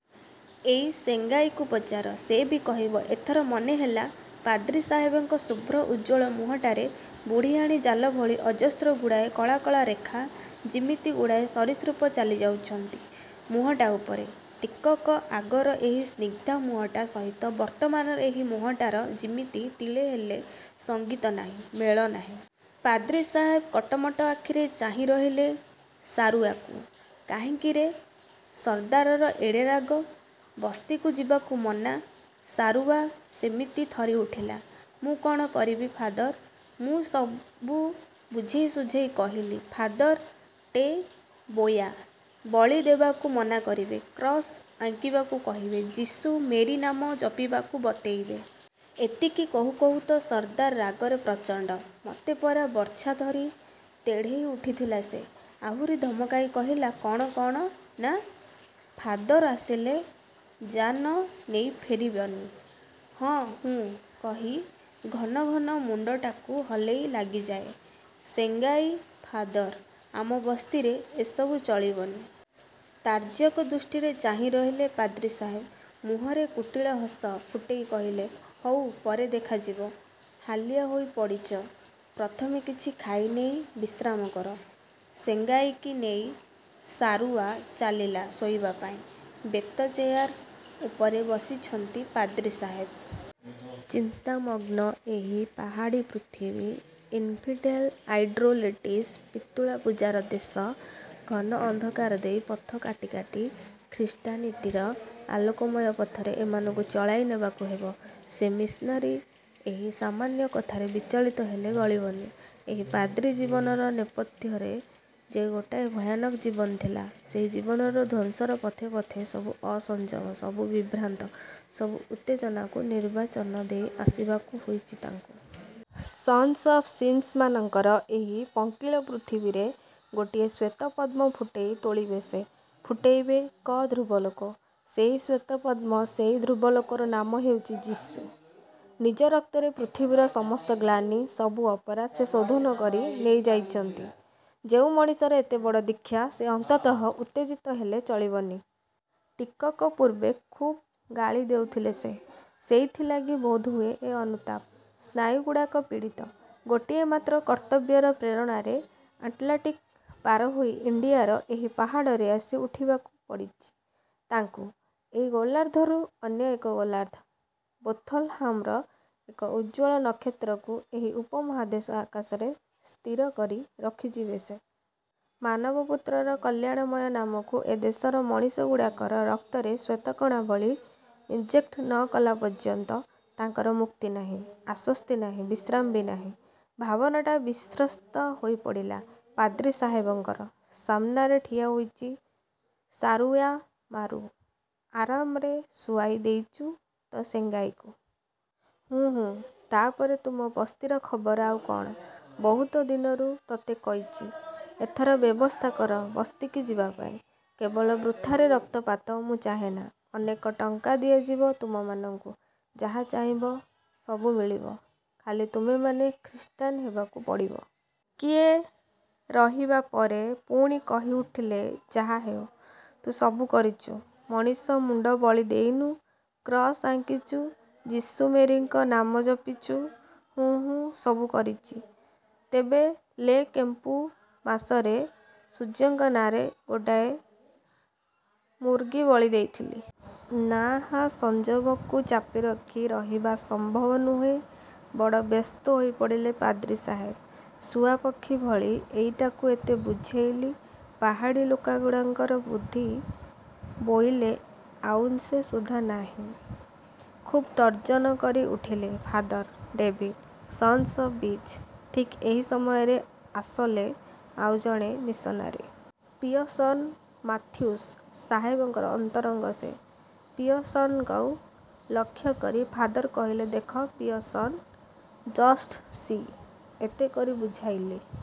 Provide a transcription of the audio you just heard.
ଏଇ ସେଙ୍ଗାଇକୁ ପଚାର। ସେ ବି କହିବ-। ଏଥର ମନେହେଲା, ପାଦ୍ରୀ ସାହେବଙ୍କ ଶୁଭ୍ର ଉଜ୍ଜ୍ୱଳ ମୁହଁଟାରେ ବୁଢ଼ୀଆଣୀ ଜାଲ ଭଳି ଅଜସ୍ର ଗୁଡ଼ାଏ କଳା କଳା ରେଖା। ଯିମିତି ଗୁଡ଼ାଏ ସରୀସୃପ ଚାଲିଯାଉଚନ୍ତି ମୁହଁଟା ଉପରେ। ଟିକକ ଆଗର ଏହି ସ୍ନିଗ୍ଧ ମୁହଁଟା ସହିତ ବର୍ତ୍ତମାନର ଏହି ମୁହଁଟାର ଯିମିତି ତିଳେହେଲେ ସଙ୍ଗିତ ନାହିଁ, ମେଳ ନାହିଁ। ପାଦ୍ରୀ ସାହେବ କଟମଟ ଆଖିରେ ଚାହିଁରହିଲେ ସାରୁୟାକୁ–କାହିଁକିରେ ସର୍ଦ୍ଧାରର ଏଡ଼େ ରାଗ? ବସ୍ତିକୁ ଯିବାକୁ ମନା? ସାରୁୟା ସେମିତି ଥରିଉଠିଲା, ମୁଁ କ'ଣ କରିବି ଫାଦର? ମୁଁ ସବୁ ବୁଝେଇ ସୁଝେଇ କହିଲି, ଫାଦର ଟେବୋୟା ବଳି ଦେବାକୁ ମନା କରିବେ, କ୍ରସ ଆଙ୍କିବାକୁ କହିବେ, ଯୀଶୁ, ମେରୀ ନାମ ଜପିବାକୁ ବତେଇବେ। ଏତିକି କହୁ କହୁ ତ ସର୍ଦ୍ଦାର ରାଗରେ ପ୍ରଚଣ୍ଡ। ମତେ ପରା ବର୍ଚ୍ଛା ଧରି ତେଢ଼େଇ ଉଠିଥିଲା ସେ। ଆହୁରି ଧମକାଇ କହିଲା କ'ଣ କ'ଣ ନା, ଫାଦର ଆସିଲେ ଜା'ନ ନେଇ ଫେରିବନି। ହଁ ହୁଁ କହି ଘନ ଘନ ମୁଣ୍ଡଟାକୁ ହଲେଇ ଲାଗିଯାଏ ସେଙ୍ଗାଇ–ଫାଦର, ଆମ ବସ୍ତିରେ ଏସବୁ ଚଳିବନି। ତାର୍ଯ୍ୟକ୍ ଦୃଷ୍ଟିରେ ଚାହିଁରହିଲେ ପାଦ୍ରୀ ସାହେବ। ମୁହଁରେ କୁଟୀଳ ହସ ଫୁଟେଇ କହିଲେ, ''ହଉ ପରେ ଦେଖାଯିବ। ହାଲିଆ ହୋଇପଡ଼ିଚ ପ୍ରଥମେ କିଛି ଖାଇନେଇ ବିଶ୍ରାମ କର-। '' ସେଙ୍ଗାଇକି ନେଇ ସାରୁୟା ଚାଲିଲା ଶୋଇବା ପାଇଁ। ବେତ ଚେୟାର ଉପରେ ବସିଛନ୍ତି ପାଦ୍ରୀ ସାହେବ। ଚିନ୍ତାମଗ୍ନ ଏହି ପାହାଡ଼ୀ ପୃଥିବୀ। ଇନଫିଡ଼େଲ, ଆଇଡ଼୍ରୋଲିଟିସ୍, ପିତୁଳା ପୂଜାର ଦେଶ। ଘନ ଅନ୍ଧକାର ଦେଇ ପଥ କାଟି କାଟି ଖ୍ରୀଷ୍ଟାନିଟିର ଆଲୋକମୟ ପଥରେ ଏମାନଙ୍କୁ ଚଳାଇ ନେବାକୁ ହେବ। ସେ ମିଶନାରୀ, ଏହି ସାମାନ୍ୟ କଥାରେ ବିଚଳିତ ହେଲେ ଗଳିବନି। ଏହି ପାଦ୍ରୀ-ଜୀବନର ନେପଥ୍ୟରେ ଯେ ଗୋଟାଏ ଭୟାନକ ଜୀବନ ଥିଲା, ସେଇ ଜୀବନର ଧ୍ୱଂସର ପଥେ ପଥେ ସବୁ ଅସଂଯମ, ସବୁ ବିଭ୍ରାନ୍ତ, ସବୁ ଉତ୍ତେଜନାକୁ ନିର୍ବାଚନ ଦେଇ ଆସିବାକୁ ହୋଇଚି ତାଙ୍କୁ। ସନ୍ସ ଅଫ୍ ସିନ୍ସ୍ ମାନଙ୍କର ଏହି ପଙ୍କିଳ ପୃଥିବୀରେ ଗୋଟିଏ ଶ୍ୱେତପଦ୍ମ ଫୁଟେଇ ତୋଳିବେ ସେ। ଫୁଟେଇବେ, କ ଧ୍ରୁବଲୋକ। ସେଇ ଶ୍ୱେତପଦ୍ମ, ସେଇ ଧ୍ରୁବଲୋକର ନାମ ହେଉଚି ଯୀଶୁ। ନିଜ ରକ୍ତରେ ପୃଥିବୀର ସମସ୍ତ ଗ୍ଳାନି, ସବୁ ଅପରାଧ ସେ ଶୋଧନ କରି ନେଇଯାଇଚନ୍ତି। ଯେଉଁ ମଣିଷର ଏତେ ବଡ଼ ଦୀକ୍ଷା, ସେ ଅନ୍ତତଃ ଉତ୍ତେଜିତ ହେଲେ ଚଳିବନି। ଟିକକ ପୂର୍ବେ ଖୁବ୍ ଗାଳି ଦେଉଥିଲେ ସେ। ସେଇଥିଲାଗି ବୋଧହୁଏ ଏ ଅନୁତାପ। ସ୍ନାୟୁଗୁଡ଼ାକ ପୀଡ଼ିତ। ଗୋଟିଏ ମାତ୍ର କର୍ତ୍ତବ୍ୟର ପ୍ରେରଣାରେ ଆଟଲାଣ୍ଟିକ ପାର ହୋଇ ଇଣ୍ଡିଆର ଏହି ପାହାଡ଼ରେ ଆସି ଉଠିବାକୁ ପଡ଼ିଚି ତାଙ୍କୁ–ଏକ ଗୋଲାର୍ଦ୍ଧରୁ ଅନ୍ୟ ଏକ ଗୋଲାର୍ଦ୍ଧ, ବେଥଲହାମର ଏକ ଉଜ୍ଜ୍ୱଳ ନକ୍ଷତ୍ରକୁ ଏହି ଉପମହାଦେଶ ଆକାଶରେ ସ୍ଥିରକରି ରଖିଯିବେ ସେ। ମାନବପୁତ୍ରର କଲ୍ୟାଣମୟ ନାମକୁ ଏ ଦେଶର ମଣିଷ ଗୁଡ଼ାକର ରକ୍ତରେ ଶ୍ୱେତକଣା ଭଳି ଇଂଜେକ୍ଟ ନ କଲାପର୍ଯ୍ୟନ୍ତ ତାଙ୍କର ମୁକ୍ତି ନାହିଁ ଆଶସ୍ତି ନାହିଁ ବିଶ୍ରାମ ବି ନାହିଁ। ଭାବନଟା ବିଶ୍ରସ୍ତ ହୋଇପଡ଼ିଲା ପାଦ୍ରୀ ସାହେବଙ୍କର। ସାମନାରେ ଠିଆ ହୋଇଚି ସାରୁୟାମାରୁ। –ଆରାମରେ ଶୁଆଇ ଦେଇଚୁ ତ ସେଙ୍ଗାଇକୁ? –ହୁଁ ହୁଁ। ତାପରେ ତୁମ ବସ୍ତିର ଖବର ଆଉ କ'ଣ? ବହୁତ ଦିନରୁ ତତେ କହିଚି, ଏଥର ବ୍ୟବସ୍ଥା କର ବସ୍ତିକି ଯିବା ପାଇଁ। କେବଳ ବୃଥାରେ ରକ୍ତପାତ ମୁଁ ଚାହେଁନା। ଅନେକ ଟଙ୍କା ଦିଆଯିବ ତୁମମାନଙ୍କୁ। ଯାହା ଚାହିଁବ ସବୁ ମିଳିବ। ଖାଲି ତୁମେମାନେ ଖ୍ରୀଷ୍ଟାନ ହେବାକୁ ପଡ଼ିବ-। ଟିକିଏ ରହିବା ପରେ ପୁଣି କହି ଉଠିଲେ–ଯାହାହେଉ ତୁ ସବୁ କରିଚୁ। ମଣିଷ ମୁଣ୍ଡ ବଳି ଦେଉନୁ, କ୍ରସ୍ ଆଙ୍କିଚୁ, ଯୀଶୁ ମେରୀଙ୍କ ନାମ ଜପିଚୁ। –ହୁଁ ହୁଁ, ସବୁ କରିଚି, ତେବେ ଲେ କେମ୍ପୁ ମାସରେ ସୂର୍ଯ୍ୟଙ୍କ ନାଁରେ ଗୋଟାଏ ମୁର୍ଗୀ ବଳି ଦେଇଥିଲି। ନାଃ–ସଂଯମକୁ ଚାପିରଖି ରହିବା ସମ୍ଭବ ନୁହେଁ। ବଡ଼ ବ୍ୟସ୍ତ ହୋଇପଡ଼ିଲେ ପାଦ୍ରୀ ସାହେବ। ଶୁଆପକ୍ଷୀ ଭଳି ଏଇଟାକୁ ଏତେ ବୁଝେଇଲି। ପାହାଡ଼ୀ ଲୋକଗୁଡ଼ାଙ୍କର ବୁଦ୍ଧି ବୋଇଲେ ଆଉନ୍ସେ ସୁଦ୍ଧା ନାହିଁ। ଖୁବ୍ ତର୍ଜନ କରି ଉଠିଲେ ଫାଦର–''ଡ଼େଭିଡ଼୍। Sons of bitch. '' ଠିକ୍ ଏହି ସମୟରେ ଆସଲେ ଆଉ ଜଣେ ମିଶନାରୀ। ପିୟର୍ସନ। ମାଥ୍ୟୁସ ସାହେବଙ୍କର ଅନ୍ତରଙ୍ଗ ସେ। ପିୟର୍ସନଙ୍କୁ ଲକ୍ଷ୍ୟକରି ଫାଦର କହିଲେ–ଦେଖ ପିୟର୍ସନ। Just see-. ଏତେ କରି ବୁଝାଇଲି।